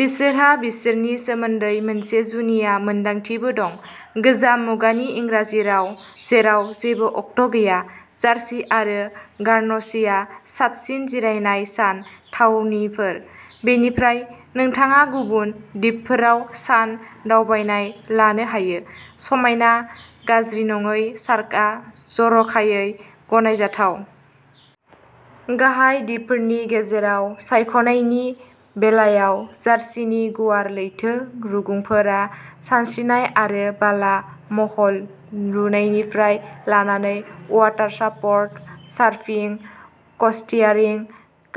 बिसोरहा बिसोरनि सोमोन्दै मोनसे जुनिया मोनदांथिबो दं। गोजाम मुगानि इंराजि राव जेराव जेबो अक्ट' गैया। जारसि आरो गार्नसीआ साबसिन जिरायनाय सान थावनिफोर। बेनिफ्राय नोंथाङा गुबुन दिपफोराव सान दावबायनाय लानो हायो। समायना, गाज्रि नङै सार्कआ जर'खायै गनायजाथाव। गाहाय दिपफोरनि गेजेराव सायख'नायनि बेलायाव जारसिनि गुवार लैथो रुगुंफोरा सानस्रिनाय आरो बाला महल लुनायनिफ्राय लानानै वाटारस्प'र्ट सारफिं, क'स्टियारिं,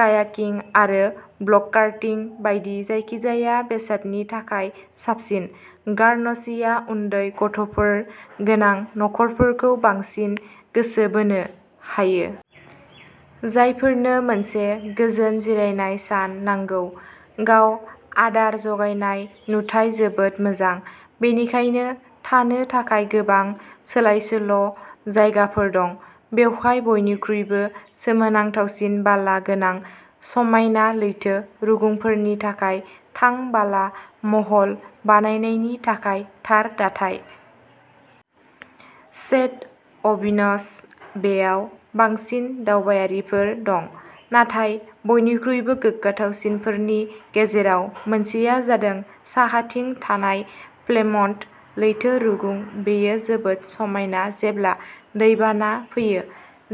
कायाकिं आरो ब्ल'कारटिं बायदि जायखिजाया बेसादनि थाखाय साबसिन। गार्नसीआ उन्दै गथ'फोर गोनां नखरफोरखौ बांसिन गोसो बोनो हायो। जायफोरनो मोनसे गोजोन जिरायनाय सान नांगौ। गाव आदार जगायनाय नुथाया जोबोद मोजां। बेनिखायनो थानो थाखाय गोबां सोलाय-सोल' जायगाफोर दं। बेवहाय बयनिख्रुइबो सोमोनांथावसिन बाला गोनां समायना लैथो रुगुंफोरनि थाखाय थां बाला महल बानायनायनि थाखाय थार दाथाय। सेन्ट अबिन'स बेआव बांसिन दावबायारिफोर दं। नाथाय बयनिख्रुइबो गोग्गाथावसिनफोरनि गेजेराव मोनसेआ जादों साहाथिं थानाय प्लेमन्ट। लैथो रुगुं बेयो जोबोद समायना जेब्ला दैबाना फैयो।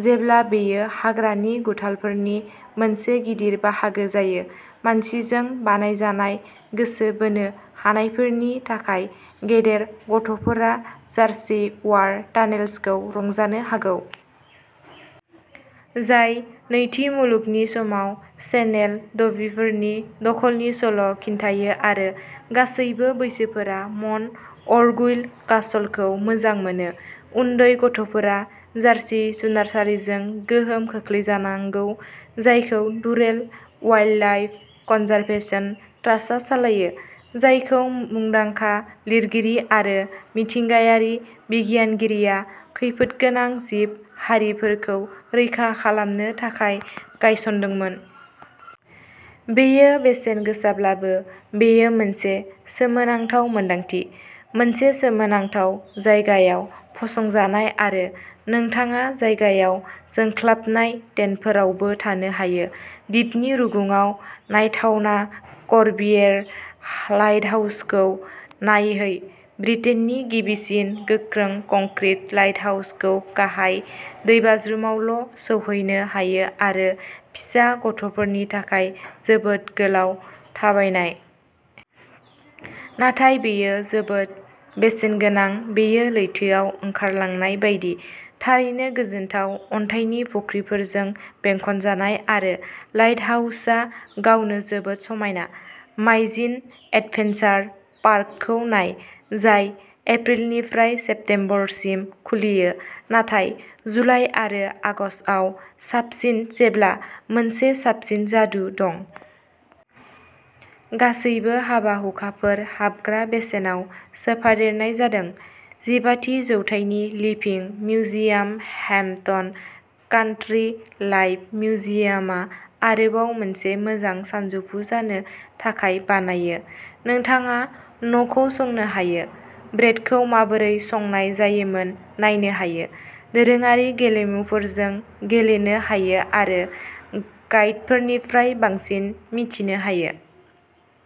जेब्ला बेयो हाग्रानि गुथालफोरनि मोनसे गिदिर बाहागो जायो। मानसिजों बानायजानाय गोसो बोनो हानायफोरनि थाखाय गेदेर गथ'फोरा जारसि वार टानेल्सखौ रंजानो हागौ। जाय नैथि मुलुगनि समाव चेनेल दविपफोरनि दखलनि सल' खिन्थायो आरो गासैबो बैसोफोरा मन्ट अरगुइल कासलखौ मोजां मोनो। उन्दै गथ'फोरा जारसि जुनारसालिजों गोहोम खोख्लैजानांगौ। जायखौ डुरेल वाइल्डलाइफ कनजारभेशन ट्रास्टआ सालायो। जायखौ मुंदांखा लिरगिरि आरो मिथिंगायारि बिगियानगिरिया खैफोदगोनां जिब हारिफोरखौ रैखा खालामनो थाखाय गायसनदोंमोन। बेयो बेसेन गोसाब्लाबो बेयो मोनसे सोमोनांथाव मोनदांथि मोनसे सोमोनांथाव जायगायाव फसंजानाय आरो नोंथाङा जायगायाव जोंख्लाबनाय टेन्टफोरावबो थानो हायो। दिपनि रुगुंआव नायथावना कर्बिएर लाइटहाउसखौ नायहै। ब्रिटेननि गिबिसिन गोख्रों कंक्रिट लाइटहाउसखौ गाहाय दैबाज्रुमावल' सौहैनो हायो आरो फिसा गथ'फोरनि थाखाय जोबोद गोलाव थाबायनाय। नाथाय बेयो जोबोद बेसेनगोनां बेयो लैथोआव ओंखारलांनाय बायदि, थारैनो गोजोनथाव अन्थाइनि फुख्रिफोरजों बेंखनजानाय आरो लाइटहाउसा गावनो जोबोद समायना। माइजिन एडभेन्सार पार्कखौ नाय। जाय एप्रिलनिफ्राय सेप्तेम्बरसिम खुलियो। नाथाय जुलाइ आरो आगस्तआव साबसिन जेब्ला मोनसे साबसिन जादु दं। गासैबो हाबा हुखाफोर हाबग्रा बेसेनाव सोफादेरनाय जादों। जिबाथि जौथाइनि living museum Hampton country life मिउजियमा आरोबाव मोनसे मोजां सानजौफु जानो थाखाय बानायो। नोंथाङा न'खौ संनो हायो। ब्रेडखौ माबोरै संनाय जायोमोन नायनो हायो। दोरोङारि गेलेमुफोरजों गेलेनो हायो आरो गाइडफोरनिफ्राय बांसिन मिथिनो हायो।